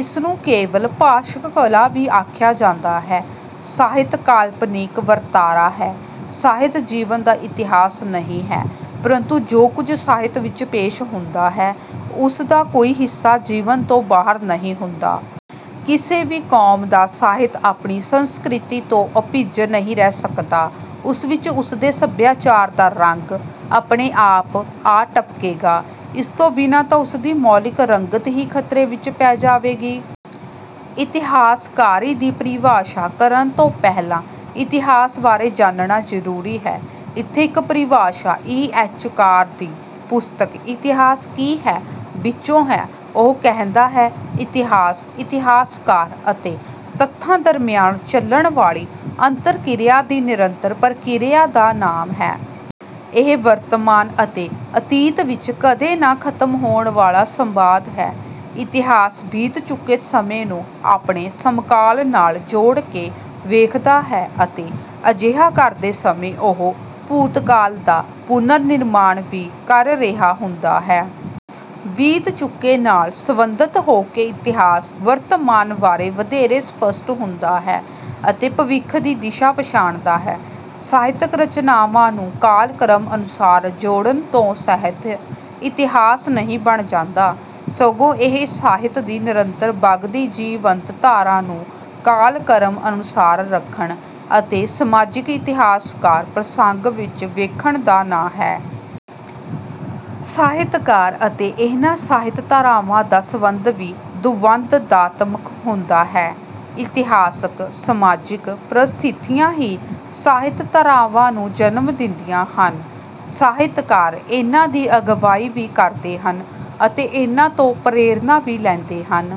ਇਸ ਨੂੰ ਕੇਵਲ ਭਾਸ਼ਕ ਕਲਾ ਵੀ ਆਖਿਆ ਜਾਂਦਾ ਹੈ। ਸਾਹਿਤ ਕਾਲਪਨਿਕ ਵਰਤਾਰਾ ਹੈ, ਸਾਹਿਤ ਜੀਵਨ ਦਾ ਇਤਿਹਾਸ ਨਹੀਂ ਹੈ, ਪ੍ਰੰਤੂ ਜੋ ਕੁਝ ਸਾਹਿਤ ਵਿੱਚ ਪੇਸ਼ ਹੁੰਦਾ ਹੈ ਉਸ ਦਾ ਕੋਈ ਹਿੱਸਾ ਜੀਵਨ ਤੋਂ ਬਾਹਰ ਨਹੀਂ ਹੁੰਦਾ। ਕਿਸੇ ਵੀ ਕੌਮ ਦਾ ਸਾਹਿਤ ਆਪਣੀ ਸੰਸਕ੍ਰਿਤੀ ਤੋਂ ਅਭਿੱਜ ਨਹੀਂ ਰਹਿ ਸਕਦਾ, ਉਸ ਵਿੱਚ ਉਸਦੇ ਸੱਭਿਆਚਾਰ ਦਾ ਰੰਗ ਆਪਣੇ ਆਪ ਆ ਟਪਕੇਗਾ। ਇਸ ਤੋਂ ਬਿਨਾਂ ਤਾਂ ਉਸਦੀ ਮੌਲਿਕ ਰੰਗਤ ਹੀ ਖਤਰੇ ਵਿੱਚ ਪੈ ਜਾਵੇਗੀ। ਇਤਿਹਾਸਕਾਰੀ ਦੀ ਪਰਿਭਾਸ਼ਾ ਕਰਨ ਤੋਂ ਪਹਿਲਾਂ ਇਤਿਹਾਸ ਬਾਰੇ ਜਾਣਨਾ ਜ਼ਰੂਰੀ ਹੈ। ਇੱਥੇ ਇੱਕ ਪਰਿਭਾਸ਼ਾ ਈ. ਐੱਚ. ਕਾਰ ਦੀ ਪੁਸਤਕ 'ਇਤਿਹਾਸ ਕੀ ਹੈ' ਵਿੱਚੋਂ ਹੈ, ਉਹ ਕਹਿੰਦਾ ਹੈ, "ਇਤਿਹਾਸ ਇਤਿਹਾਸਕਾਰ ਅਤੇ ਤੱਥਾਂ ਦਰਮਿਆਨ ਚੱਲਣ ਵਾਲੀ ਅੰਤਰ-ਕਿਰਿਆ ਦੀ ਨਿਰੰਤਰ ਪ੍ਰਕਿਰਿਆ ਦਾ ਨਾਮ ਹੈ। ਇਹ ਵਰਤਮਾਨ ਅਤੇ ਅਤੀਤ ਵਿੱਚ ਕਦੇ ਨਾ ਖਤਮ ਹੋਣ ਵਾਲਾ ਸੰਵਾਦ ਹੈ।" ਇਤਿਹਾਸ ਬੀਤ ਚੁੱਕੇ ਸਮੇਂ ਨੂੰ ਆਪਣੇ ਸਮਕਾਲ ਨਾਲ ਜੋੜ ਕੇ ਵੇਖਦਾ ਹੈ ਅਤੇ ਅਜਿਹਾ ਕਰਦੇ ਸਮੇਂ ਉਹ ਭੂਤਕਾਲ ਦਾ ਪੁਨਰ-ਨਿਰਮਾਣ ਵੀ ਕਰ ਰਿਹਾ ਹੁੰਦਾ ਹੈ। ਬੀਤ ਚੁੱਕੇ ਨਾਲ ਸਬੰਧਤ ਹੋ ਕੇ ਇਤਿਹਾਸ ਵਰਤਮਾਨ ਬਾਰੇ ਵਧੇਰੇ ਸਪਸ਼ਟ ਹੁੰਦਾ ਹੈ ਅਤੇ ਭਵਿੱਖ ਦੀ ਦਿਸ਼ਾ ਪਛਾਣਦਾ ਹੈ। ਸਾਹਿਤਕ ਰਚਨਾਵਾਂ ਨੂੰ ਕਾਲਕ੍ਰਮ ਅਨੁਸਾਰ ਜੋੜਨ ਤੋਂ ਹੀ ਸਾਹਿਤ ਇਤਿਹਾਸ ਨਹੀਂ ਬਣ ਜਾਂਦਾ, ਸਗੋਂ ਇਹ ਸਾਹਿਤ ਦੀ ਨਿਰੰਤਰ ਵਗਦੀ ਜੀਵੰਤ ਧਾਰਾ ਨੂੰ ਕਾਲਕ੍ਰਮ ਅਨੁਸਾਰ ਰੱਖਣ ਅਤੇ ਸਮਾਜਿਕ-ਇਤਿਹਾਸਕ ਪ੍ਰਸੰਗ ਵਿੱਚ ਵੇਖਣ ਦਾ ਨਾਂ ਹੈ। ਸਾਹਿਤਕਾਰ ਅਤੇ ਇਹਨਾਂ ਸਾਹਿਤ ਧਾਰਾਵਾਂ ਦਾ ਸਬੰਧ ਵੀ ਦੁਵੰਦਾਤਮਕ ਹੁੰਦਾ ਹੈ। ਇਤਿਹਾਸਕ-ਸਮਾਜਿਕ ਪ੍ਰਸਥਿਤੀਆਂ ਹੀ ਸਾਹਿਤ ਧਾਰਾਵਾਂ ਨੂੰ ਜਨਮ ਦਿੰਦੀਆਂ ਹਨ। ਸਾਹਿਤਕਾਰ ਇਨ੍ਹਾਂ ਦੀ ਅਗਵਾਈ ਵੀ ਕਰਦੇ ਹਨ, ਅਤੇ ਇਨ੍ਹਾਂ ਤੋਂ ਪ੍ਰੇਰਨਾ ਵੀ ਲੈਂਦੇ ਹਨ।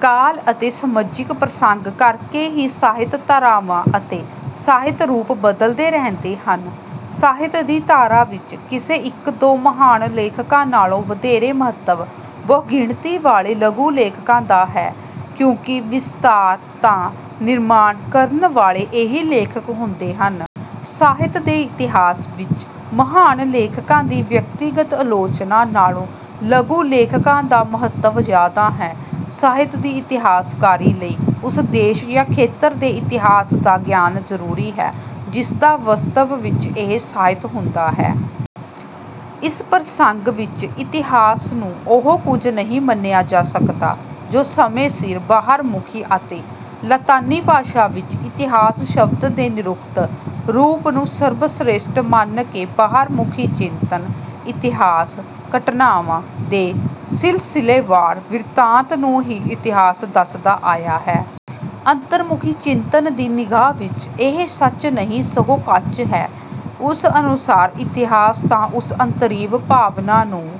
ਕਾਲ ਅਤੇ ਸਮਾਜਿਕ ਪ੍ਰਸੰਗ ਕਰਕੇ ਹੀ ਸਾਹਿਤ ਧਾਰਾਵਾਂ ਅਤੇ ਸਾਹਿਤ ਰੂਪ ਬਦਲਦੇ ਰਹਿੰਦੇ ਹਨ। ਸਾਹਿਤ ਦੀ ਧਾਰਾ ਵਿੱਚ ਕਿਸੇ ਇੱਕ-ਦੋ ਮਹਾਨ ਲੇਖਕਾਂ ਨਾਲੋਂ ਵਧੇਰੇ ਮਹੱਤਵ ਬਹੁ-ਗਿਣਤੀ ਵਾਲੇ ਲਘੂ ਲੇਖਕਾਂ ਦਾ ਹੈ, ਕਿਉਂਕਿ ਵਿਸਤਾਰ ਦਾ ਨਿਰਮਾਣ ਕਰਨ ਵਾਲੇ ਇਹੀ ਲੇਖਕ ਹੁੰਦੇ ਹਨ। ਸਾਹਿਤ ਦੇ ਇਤਿਹਾਸ ਵਿੱਚ ਮਹਾਨ ਲੇਖਕਾਂ ਦੀ ਵਿਅਕਤੀਗਤ ਆਲੋਚਨਾ ਨਾਲੋਂ ਲਘੂ ਲੇਖਕਾਂ ਦਾ ਮਹੱਤਵ ਜ਼ਿਆਦਾ ਹੈ। ਸਾਹਿਤ ਦੀ ਇਤਿਹਾਸਕਾਰੀ ਲਈ ਉਸ ਦੇਸ਼ ਜਾਂ ਖੇਤਰ ਦੇ ਇਤਿਹਾਸ ਦਾ ਗਿਆਨ ਜ਼ਰੂਰੀ ਹੈ ਜਿਸ ਦਾ ਵਾਸਤਵ ਵਿੱਚ ਇਹ ਸਾਹਿਤ ਹੁੰਦਾ ਹੈ। ਇਸ ਪ੍ਰਸੰਗ ਵਿੱਚ ਇਤਿਹਾਸ ਨੂੰ ਉਹ ਕੁਝ ਨਹੀਂ ਮੰਨਿਆ ਜਾ ਸਕਦਾ ਜੋ ਸਮੇਂ ਸਿਰ ਬਾਹਰਮੁਖੀ ਅਤੇ ਲਾਤੀਨੀ ਭਾਸ਼ਾ ਵਿੱਚ ਇਤਿਹਾਸ ਸ਼ਬਦ ਦੇ ਨਿਰੁਕਤ ਰੂਪ ਨੂੰ ਸਰਵਸ੍ਰੇਸ਼ਟ ਮੰਨ ਕੇ ਬਾਹਰਮੁਖੀ ਚਿੰਤਨ, ਇਤਿਹਾਸ ਘਟਨਾਵਾਂ ਦੇ ਸਿਲਸਿਲੇਵਾਰ ਬਿਰਤਾਂਤ ਨੂੰ ਹੀ ਇਤਿਹਾਸ ਦੱਸਦਾ ਆਇਆ ਹੈ। ਅੰਤਰਮੁਖੀ ਚਿੰਤਨ ਦੀ ਨਿਗਾਹ ਵਿੱਚ ਇਹ ਸੱਚ ਨਹੀਂ ਸਗੋਂ ਕੱਚ ਹੈ। ਉਸ ਅਨੁਸਾਰ ਇਤਿਹਾਸ ਤਾਂ ਉਸ ਅੰਤਰੀਵ ਭਾਵਨਾ ਨੂੰ